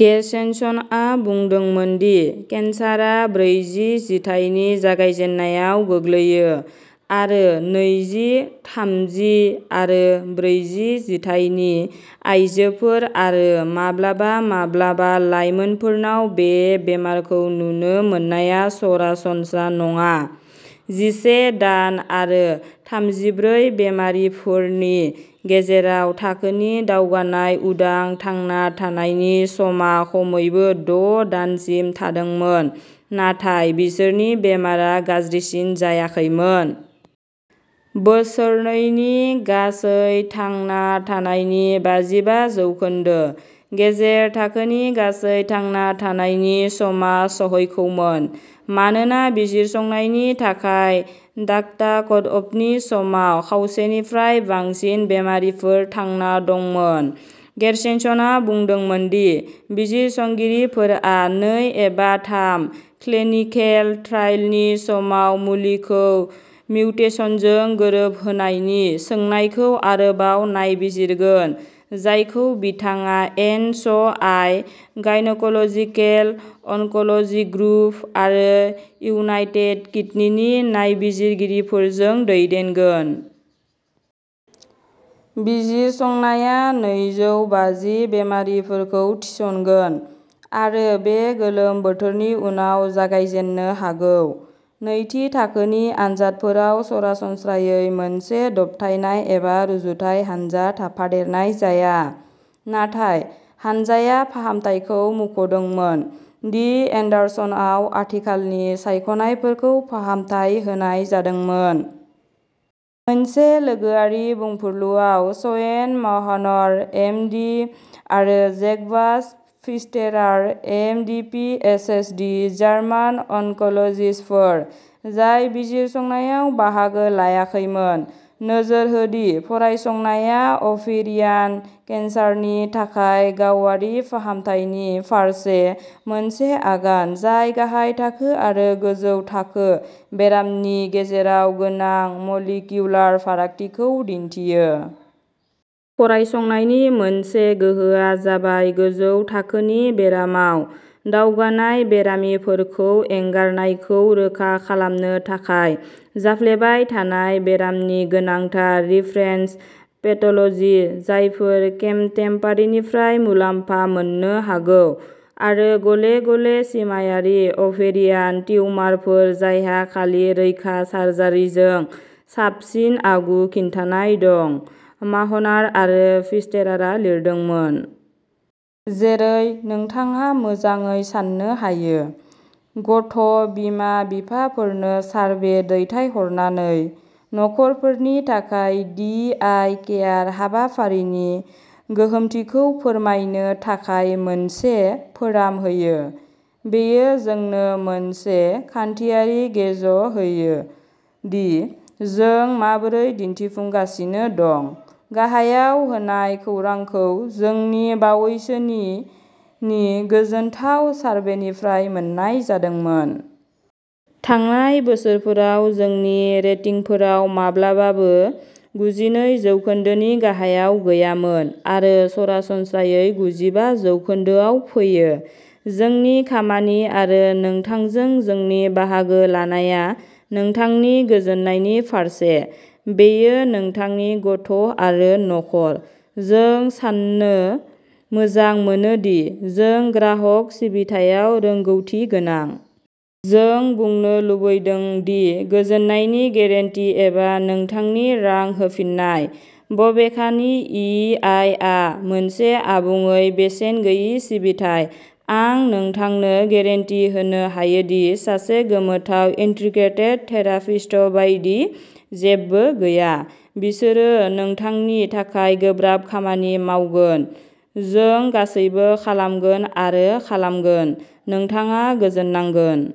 गेरशेनसनआ बुंदोंमोन दि केन्सारआ ब्रैजि जिथाइनि जागायजेन्नायाव गोग्लैयो, आरो नैजि, थामजि आरो ब्रैजि जिथाइनि आयजोफोर आरो माब्लाबा माब्लाबा लाइमोनफोरनाव बे बेरामखौ नुनो मोननाया सरासनस्रा नङा। जिसे दान आरो थामजिब्रै बेमारिफोर नि गेजेर थाखोनि दावगानाय उदां थांना थानायनि समा खमैबो द' दानसिम थांदोंमोन, नाथाय बिसोरनि बेरामा गाज्रिसिन जायाखैमोन। बोसोरनैनि गासै थांना थानायनि बाजिबा जौखोन्दो। गेजेर थाखोनि गासै थांना थानायनि समा सौहैखौमोन, मानोना बिजिरसंनायनि थाखाय डाटा कटअफनि समाव खावसेनिफ्राय बांसिन बेमारिफोर थांना दंमोन। गेशेनसनआ बुंदोंमोन दि बिजिरसंगिरिफोरा नै एबा थाम क्लिनिकेल ट्राइलनि समाव मुलिखौ मिउटेसनजों गोरोबहोनायनि सोंनायखौ आरोबाव नायबिजिरगोन, जायखौ बिथाङा N S I gynaecological oncology group आरो इउनाइटेड किडनिनि नायबिजिरगिरिफोरजों दैदेनगोन। बिजिरसंनाया नैजौ बाजि बेमारिफोरखौ थिसनगोन आरो बे गोलोम बोथोरनि उनाव जागायजेन्नो हागौ। नैथि थाखोनि आनजादफोराव सरासनस्रायै मोनसे दबथायनाय एबा रुजुथाय हानजा थाफादेरनाय जाया, नाथाय हानजाया फाहामथायखौ मुंख'दोंमोन। डि एन्डारसनआव आथिखालनि सायख'नायफोरजों फाहामथाय होनाय जादोंमोन। मोनसे लोगोआरि बुंफुरलुआव, स्वेन माहनार, एम डि आरो Jacobus Pfisterer, M D P H D German अनक'ल'जिस्टफोर जाय बिजिरसंनायाव बाहागो लायाखैमोन, नोजोर हो दि फरायसंनाया अभेरियान केन्सारनि थाखाय गावारि फाहामथायनि फारसे मोनसे आगान जाय गाहाय थाखो आरो गोजौ थाखो बेरामनि गेजेराव गोनां मलिकिउलार फारागथिफोरखौ दिन्थियो। "फरायसंनायनि मोनसे गोहोआ जाबाय गोजौ थाखोनि बेरामाव दावगानाय बेरामिफोरखौ एंगारनायखौ रोखा खालामनो थाखाय जाफ्लेबाय थानाय बेरामनि गोनांथार रिफरेन्स पेथ'ल'जि, जायफोरा केम'थेरापिनिफ्राय मुलाम्फा मोननो हागौ आरो गले-गले सिमाआरि अभेरियान टिउमारफोर जायहा खालि रैखा सार्जारिजों साबसिन आगु खिन्थानाय दं", माहनार आरो फिस्टेरारा लिरदोंमोन। जेरै नोंथाङा मोजाङै सान्नो हायो, गथ' बिमा-बिफाफोरनो सारभे दैथायहरनानै नखरफोरनि थाखाय दि आइ केयार हाबाफारिनि गोहोमथिखौ फोरमायनो थाखाय मोनसे फोराम होयो। बेयो जोंनो मोनसे खान्थियारि गेज होयो दि जों माबोरै दिन्थिफुंगासिनो दं। गाहायाव होनाय खौरांखौ जोंनि बावैसोनि नि गोजोनथाव सारभेनिफ्राय मोन्नाय जादोंमोन। थांनाय बोसोरफोराव जोंनि रेटिंफोरा माब्लाबाबो गुजिनै जौखोन्दोनि गाहायाव गैयामोन आरो सरासनस्रायै गुजिबा जौखोन्दोआव फैयो। जोंनि खामानि आरो नोंथांजों जोंनि बाहागो लानाया नोंथांनि गोजोननायनि फारसे। बेयो नोंथांनि गथ' आरो नखर। जों साननो मोजां मोनो दि जों ग्राहक सिबिथायाव रोंग'थिगोनां। जों बुंनो लुबैदों दि गोजोननायनि गेरेन्टि एबा नोंथांनि रां होफिननाय। बबेखानि, इ आइ आ मोनसे आबुङै बेसेन गैयै सिबिथाइ। आं नोंथांनो गेरेन्टि होनो हायो दि सासे गोमोथाव इन्टिग्रेटेड थेरापिस्ट बायदि जेबो गैया। बिसोरो नोंथांनि थाखाय गोब्राब खामानि मावगोन। जों गासैबो खालामगोन आरो खालामगोन। नोंथाङा गोजोननांगोन।